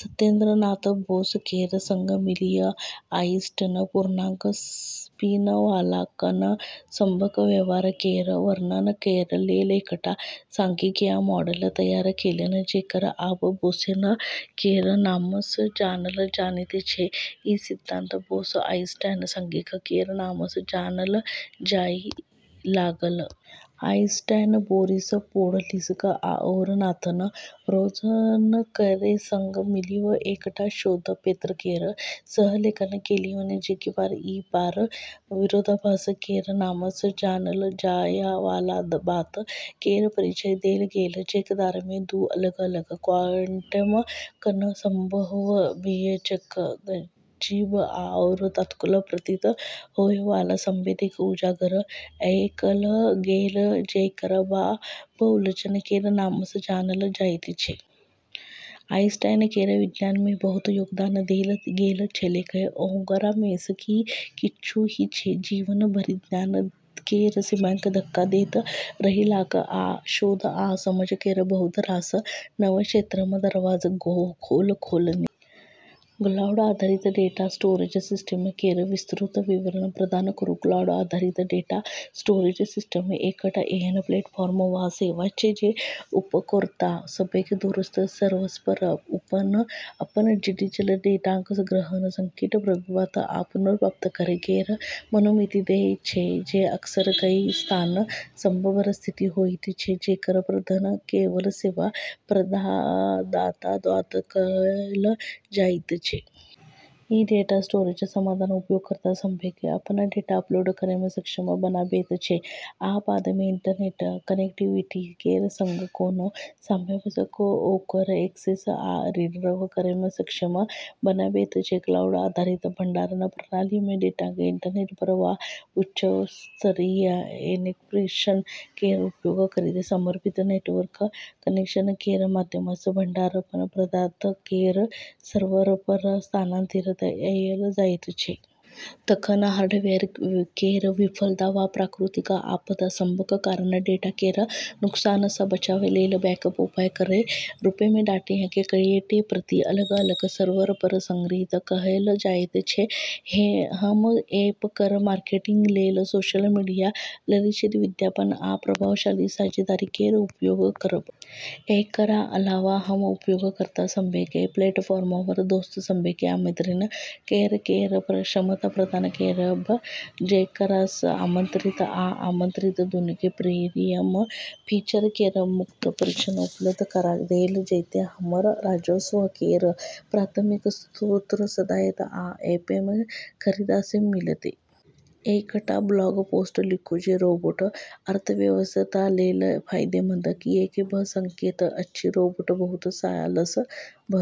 सत्येन्द्र नाथ बोस केर संग मिलि कऽ आइंस्टीन पूर्णांक स्पिनवाला कण सभक व्यवहार केर वर्णन करै लेल एकटा सांख्यिकीय मॉडल तैयार केलनि, जेकरा आब 'बोसोन' केर नामसँ जानल जाइत छै। ई सिद्धांत 'बोस-आइंस्टीन सांख्यिकी' केर नामसँ जानल जाए लागल। आइंस्टीन बोरिस पोडोल्स्की आओर नाथन रोजन केर संग मिलि कऽ एकटा शोध पत्र केर सह-लेखन केलनि, जेकरामे "ईपीआर विरोधाभास" केर नामसँ जानल जाएवाला बात केर परिचय देल गेलै, जेकरामे दू अलग-अलग क्वांटम कण सभक बीचक अजीब आओर तात्कालिक प्रतीत होएवाला संबंधकेँ उजागर कएल गेलै, जेकरा आब उलझन केर नामसँ जानल जाइत छै। आइंस्टीन केर विज्ञानमे जे बहुत योगदान देल गेल छलैक, ओकरामेसँ ई किछु ही छै। जीवन भरि ज्ञान केर सीमाकेँ धक्का दैत रहलाह आ शोध आ समझ केर बहुत रास नव क्षेत्रक दरवाजा खोललनि। क्लाउड आधारित डेटा स्टोरेज सिस्टम केर विस्तृत विवरण प्रदान करू। क्लाउड आधारित डेटा स्टोरेज सिस्टम एकटा एहन प्लेटफॉर्म वा सेवा छै जे उपयोगकर्ता सभकेँ दूरस्थ सर्वरपर अपन डिजिटल डेटाकेँ संग्रहण, संगठित, प्रबंधित आ पुनर्प्राप्त करै केर अनुमति दैत छै जे अक्सर कई स्थान सभपर स्थित होइत छै, जेकर प्रबंधन केवल सेवा प्रदाताद्वारा कएल जाइत छै। ई डेटा स्टोरेज समाधान उपयोगकर्ता सभकेँ अपन डेटा अपलोड करैमे सक्षम बनाबैत छै आ बादमे इंटरनेट कनेक्टिविटी केर संग कोनो स्थानसँ ओकरा एक्सेस आ रिट्रीव करैमे सक्षम बनाबैत छै। क्लाउड आधारित भंडारण प्रणालीमे, डेटाकेँ इंटरनेटपर वा उच्च स्तरीय एन्क्रिप्शन केर उपयोग करैत समर्पित नेटवर्क कनेक्शन केर माध्यमसँ भंडारण प्रदाता केर सर्वरपर स्थानांतरित कएल जाइत छै। तखन हार्डवेयर केर विफलता वा प्राकृतिक आपदा सभक कारण डेटा केर नुकसानसँ बचाव लेल बैकअप उपाय केर रूपमे डेटाकेँ कईटा प्रति अलग-अलग सर्वरपर संग्रहित कएल जाइत छै। हम ऐप केर मार्केटिंग लेल सोशल मीडिया, लक्षित विज्ञापन, आ प्रभावशाली साझेदारी केर उपयोग करब। एकरा अलावा, हम उपयोगकर्ता सभकेँ प्लेटफॉर्मपर दोस्त सभकेँ आमंत्रित करै केर क्षमता प्रदान करबै, जेकरासँ आमंत्रित आ आमंत्रित दूनूकेँ प्रीमियम फीचर केर मुफ्त परीक्षण उपलब्ध करा देल जैतै। हमर राजस्व केर प्राथमिक स्रोत सदस्यता आ ऐपमे खरीदारीसँ मिलतै। एकटा ब्लॉग पोस्ट लिखू जे रोबोट अर्थव्यवस्था लेल फायदेमंद किऐक भऽ सकैत अछि। रोबोट बहुत सालसँ बहस।